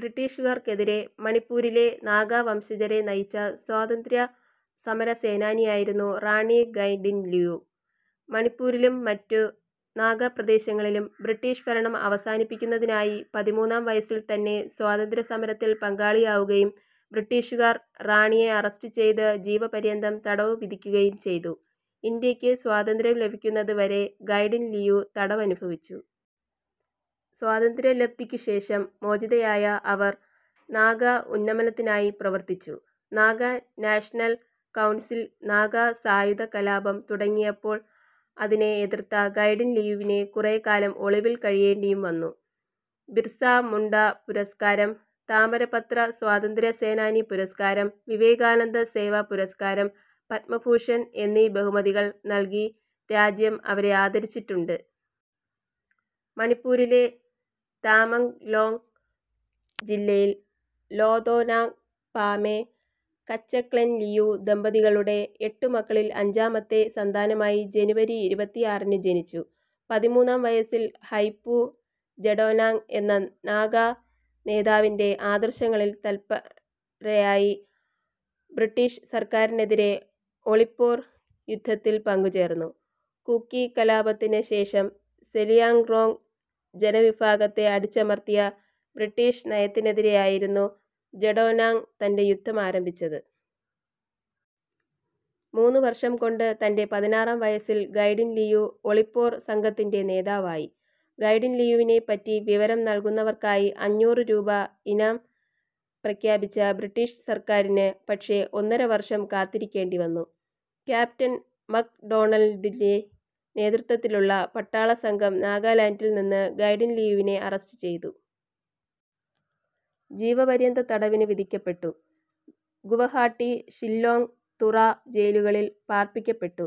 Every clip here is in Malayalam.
ബ്രിട്ടീഷുകാർക്കെതിരെ മണിപ്പൂരിലെ നാഗാ വംശജരെ നയിച്ച സ്വാതന്ത്ര്യ സമര സേനാനിയായിരുന്നു റാണി ഗൈഡിൻലിയു. മണിപ്പൂരിലും മറ്റു നാഗാ പ്രദേശങ്ങളിലും ബ്രിട്ടീഷ് ഭരണം അവസാനിപ്പിക്കുന്നതിനായി പതിമൂന്നാം വയസ്സിൽ തന്നെ സ്വാതന്ത്ര്യ സമരത്തിൽ പങ്കാളിയാവുകയും, ബ്രിട്ടീഷുകാർ റാണിയെ അറസ്റ്റ് ചെയ്തു ജീവപര്യന്തം തടവ് വിധിക്കുകയും ചെയ്തു. ഇന്ത്യക്ക് സ്വാതന്ത്ര്യം ലഭിക്കുന്നത് വരെ ഗൈഡിൻലിയു തടവനുഭവിച്ചു. സ്വാതന്ത്ര്യലബ്ധിക്കു ശേഷം മോചിതയായ അവർ നാഗ ഉന്നമനത്തിനായി പ്രവർത്തിച്ചു. നാഗാ നാഷണൽ കൌൺസിൽ നാഗാ സായുധകലാപം തുടങ്ങിയാപ്പോൾ അതിനെ എതിർത്ത ഗൈഡിൻലിയുവിനു കുറെ കാലം ഒളിവിൽ കഴിയേണ്ടിയും വന്നു. ബിർസാ മുണ്ട പുരസ്കാരം, താമരപത്ര സ്വാതന്ത്ര്യ സേനാനി പുരസ്കാരം, വിവേകാനന്ദ സേവാ പുരസ്കാരം, പദ്മഭൂഷൺ എന്നീ ബഹുമതികൾ നൽകി രാജ്യം അവരെ ആദരിച്ചിട്ടുണ്ട്. മണിപ്പൂരിലെ താമെങ്ങ്ലോങ് ജില്ലയിൽ ലോതോനാങ് പാമേ, കച്ചക്ലെൻലിയു ദമ്പതികളുടെ എട്ടു മക്കളിൽ അഞ്ചാമത്തെ സന്താനമായി ജനുവരി ഇരുപത്തി ആറിന് ജനിച്ചു. പതിമൂന്നാം വയസിൽ ഹൈപൂ ജടോനാങ് എന്ന നാഗാ നേതാവിൻ്റെ ആദർശങ്ങളിൽ തല്പരയായി ബ്രിട്ടീഷ് സർക്കാരിനെതിരെ ഒളിപോർ യുദ്ധത്തിൽ പങ്കുചേർന്നു. കൂക്കി കലാപത്തിനു ശേഷം സെലിയാങ്റോങ് ജനവിഭാഗത്തെ അടിച്ചമർത്തിയ ബ്രിട്ടീഷ് നയത്തിനെതിരെയായിരുന്നു ജടോനാങ് തൻ്റെ യുദ്ധം ആരംഭിച്ചത്. മൂന്നു വർഷം കൊണ്ട് തൻ്റെ പതിനാറാം വയസിൽ ഗൈഡിൻലിയു ഒളിപോർ സംഘത്തിൻ്റെ നേതാവായി. ഗൈഡിൻലിയുവിനെ പറ്റി വിവരം നൽകുന്നവർക്കായി അഞ്ഞൂറ് രൂപ ഇനാം പ്രഖ്യാപിച്ച ബ്രിട്ടീഷ് സർക്കാരിന് പക്ഷെ ഒന്നര വർഷം കാത്തിരിക്കേണ്ടിവന്നു. ക്യാപ്റ്റൻ മക് ഡോണൽഡിൻ്റെ നേതൃത്ത്വത്തിലുള്ള പട്ടാള സംഘം നാഗാലാൻഡിൽ നിന്ന് ഗൈഡിൻലിയുവിനെ അറസ്റ്റ് ചെയ്തു. ജീവപര്യന്തതടവിനു വിധിക്കപ്പെട്ടു. ഗുവഹാട്ടി, ഷില്ലോങ്ങ്, തുറാ ജയിലുകളിൽ പാർപ്പിക്കപ്പെടു.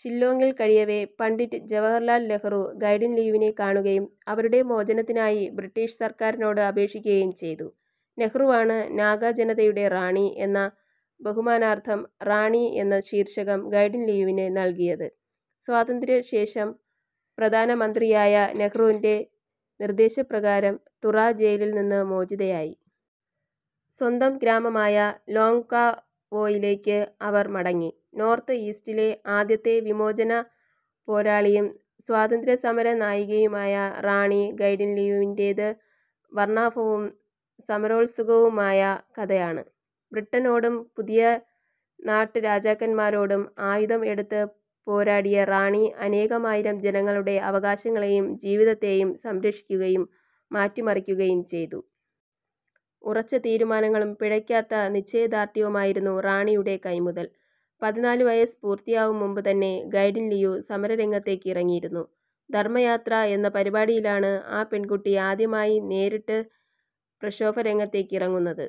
ഷില്ലോങ്ങിൽ കഴിയവെ പണ്ഡിറ്റ് ജവഹർലാൽ നെഹ്റു ഗൈഡിൻലിയുവിനെ കാണുകയും അവരുടെ മോചനത്തിനായി ബ്രിട്ടീഷ് സർക്കാരിനോട് അപേക്ഷിക്കുകയും ചെയ്തു. നെഹ്റുവാണ് നാഗാ ജനതയുടെ റാണി എന്ന ബഹുമാനാർഥം 'റാണി' എന്ന ശീർഷകം ഗൈഡിൻലിയുവിനു നൽകിയത്. സ്വാതന്ത്ര്യ ശേഷം പ്രധാന മന്ത്രിയായ നെഹ്റുൻ്റെ നിർദ്ദേശപ്രകാരം തുറാ ജയിലിൽ നിന്ന് മോചിതയായി. സ്വന്തം ഗ്രാമമായ ലോങ്ങ്കാവോയിലേക്ക് അവർ മടങ്ങി. നോർത്ത് ഈസ്റ്റിലെ ആദ്യത്തെ വിമോചന പോരാളിയും സ്വാതന്ത്യ സമര നായികയുമായ റാണി ഗൈഡിൻലിയുവിൻ്റേത് വർണാഭവും സമരോത്സുകവുമായ കഥയാണ്, ബ്രിട്ടനോടും പുതിയ നാട്ട് രാജാക്കന്മാരോടും ആയുധം എടുത്ത് പോരാടിയ റാണി അനേകമായിരം ജനങ്ങളുടെ അവകാശങ്ങളേയും ജീവിതത്തേയും സംരക്ഷിക്കുകയും മാറ്റി മറിക്കുകയും ചെയ്തു. ഉറച്ച തീരുമാനങ്ങളും പിഴക്കാത്ത നിശ്ചയ ദാർഢ്യവുമായിരുന്നു റാണിയുടെ കൈമുതൽ, പതിനാല് വയസ്സ് പൂർത്തിയാവും മുമ്പ് തന്നെ ഗൈഡിൻ ലിയു സമര രംഗത്തേക്ക് ഇറങ്ങിയിരുന്നു, ധർമ്മയാത്ര എന്ന പരിപാടിയിലാണ് ആ പെൺകുട്ടി ആദ്യമായി നേരിട്ട് പ്രക്ഷോഭ രംഗത്തേക്ക് ഇറങ്ങുന്നത്.